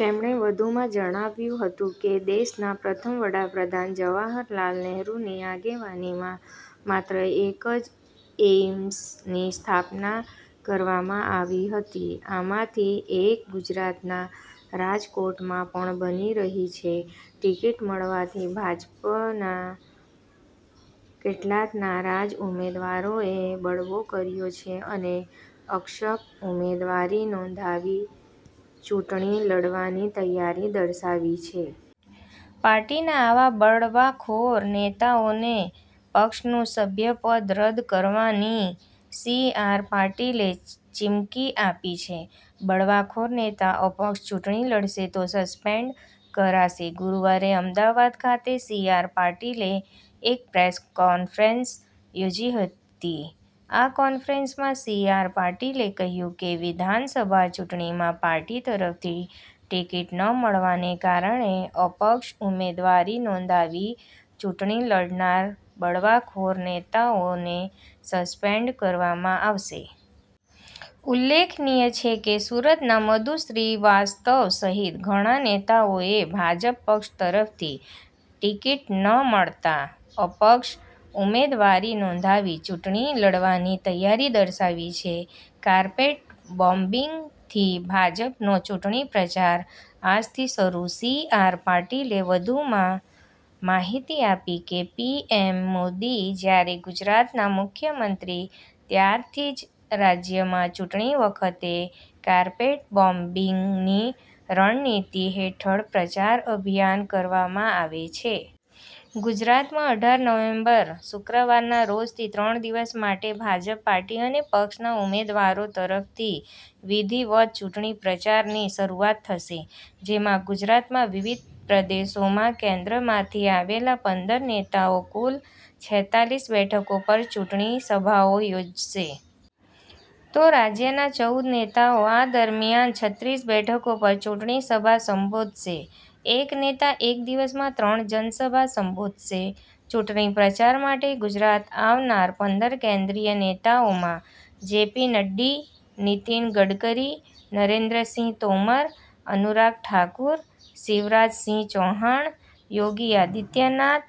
તેમણે વધુમાં જણાવ્યું હતું કે દેશના પ્રથમ વડાપ્રધાન જવાહરલાલ નેહરુની આગેવાનીમાં માત્ર એક જ એઈમ્સ ની સ્થાપના કરવામાં આવી હતી. આમાંથી એક ગુજરાતના રાજકોટમાં પણ બની રહી છે. ટિકિટ મળવાથી ભાજપના કેટલાંક નારાજ ઉમેદવારોએ બળવો કર્યો છે અને અક્ષપ ઉમેદવારી નોંધાવી ચૂંટણી લડવાની તૈયારી દર્શાવી છે. પાર્ટીના આવા બળવાખોર નેતાઓને પક્ષનું સભ્યપદ રદ કરવાની સીઆર પાટીલે ચીમકી આપી છે. બળવાખોર નેતા અપક્ષ ચૂંટણી લડશે તો સસ્પેન્ડ કરાશે ગુરુવારે અમદાવાદ ખાતે સીઆર પાટીલે એક પ્રેસ કોન્ફરન્સ યોજી હતી. આ કોન્ફરન્સમાં સીઆર પાટીલે કહ્યુ કે, વિધાનસભા ચૂંટણીમાં પાર્ટી તરફથી ટિકિટ ન મળવાને કારણે અપક્ષ ઉમેદવારી નોંધાવી ચૂંટણી લડનાર બળવાખોર નેતાઓને સસ્પેન્ડ કરવામાં આવશે. ઉલ્લેખનિય છે કે, સુરતના મધુ શ્રીવાસ્તવ સહિત ઘણા નેતાઓએ ભાજપ પક્ષ તરફથી ટિકિટ ન મળતા અપક્ષ ઉમેદવારી નોંધાવી ચૂંટણી લડવાની તૈયારી દર્શાવી છે. 'કાર્પેટ બોમ્બિંગ'થી ભાજપનો ચૂંટણી પ્રચાર આજથી શરૂ સીઆર પાટીલે વધુમાં માહિતી આપી કે પીએમ મોદી જ્યારે ગુજરાતના મુખ્યમંત્રી ત્યારથી જ રાજ્યમાં ચૂંટણી વખતે 'કાર્પેટ બોમ્બિંગ'ની રણનીતિ હેઠળ પ્રચાર અભિયાન કરવામાં આવે છે. ગુજરાતમાં અઢાર નવેમ્બર, શુક્રવારના રોજથી ત્રણ દિવસ માટે ભાજપ પાર્ટી અને પક્ષના ઉમેદવારો તરફથી વિધિવત ચૂંટણી પ્રચારની શરૂઆત થશે. જેમાં ગુજરાતમાં વિવિધ પ્રદેશોમાં કેન્દ્રમાંથી આવેલા પંદર નેતાઓ કુલ છેતાલીસ બેઠકો પર ચૂંટણી સભાઓ યોજશે. તો રાજ્યના ચૌદ નેતાઓ આ દરમિયાન છત્રીસ બેઠકો પર ચૂંટણી સભા સંબોધશે. એક નેતા એક દિવસમાં ત્રણ જનસભા સંબોધશે. ચૂંટણી પ્રચાર માટે ગુજરાત આવનાર પંદર કેન્દ્રીય નેતાઓમાં જેપી નડ્ડી, નીતિન ગડકરી, નરેન્દ્રસિંહ તોમર, અનુરાગ ઠાકુર, શિવરાજ સિંહ ચૌહાણ, યોગી આદિત્યનાથ,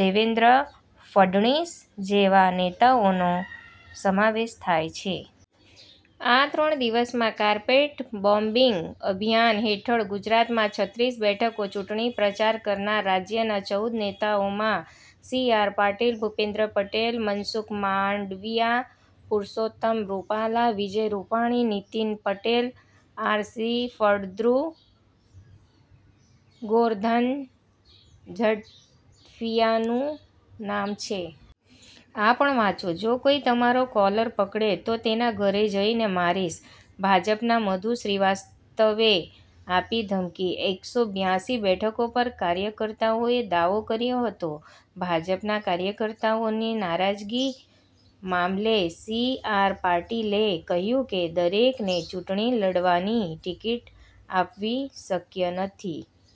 દેવેન્દ્ર ફડણીસ જેવા નેતાઓનો સમાવેશ થાય છે. આ ત્રણ દિવસમાં 'કાર્પેટ બોમ્બિંગ' અભિયાન હેઠળ ગુજરાતમાં છત્રીસ બેઠકો ચૂંટણી પ્રચાર કરનાર રાજ્યના ચૌદ નેતાઓમાં સીઆર પાટીલ, ભૂપેન્દ્ર પટેલ, મનસુખ માંડવીયા, પુરુષોત્તમ રૂપાલા, વિજય રૂપાણી, નીતિન પટેલ, આરસી ફળદ્રુ, ગોરધન ઝડફિયાનું નામ છે. આ પણ વાંચોઃ જો કોઇ તમારો કોલર પકડે તો તેના ઘરે જઈને મારીશ – ભાજપના મધુ શ્રીવાસ્તવે આપી ધમકી એકસો બ્યાસી બેઠકો પર કાર્યકર્તાઓએ દાવો કર્યો હતો ભાજપના કાર્યકર્તાઓની નારાજગી મામલે સીઆર પાટીલે કહ્યુ કે, દરેકને ચૂંટણી લડવાની ટિકિટ આપવી શક્ય નથી.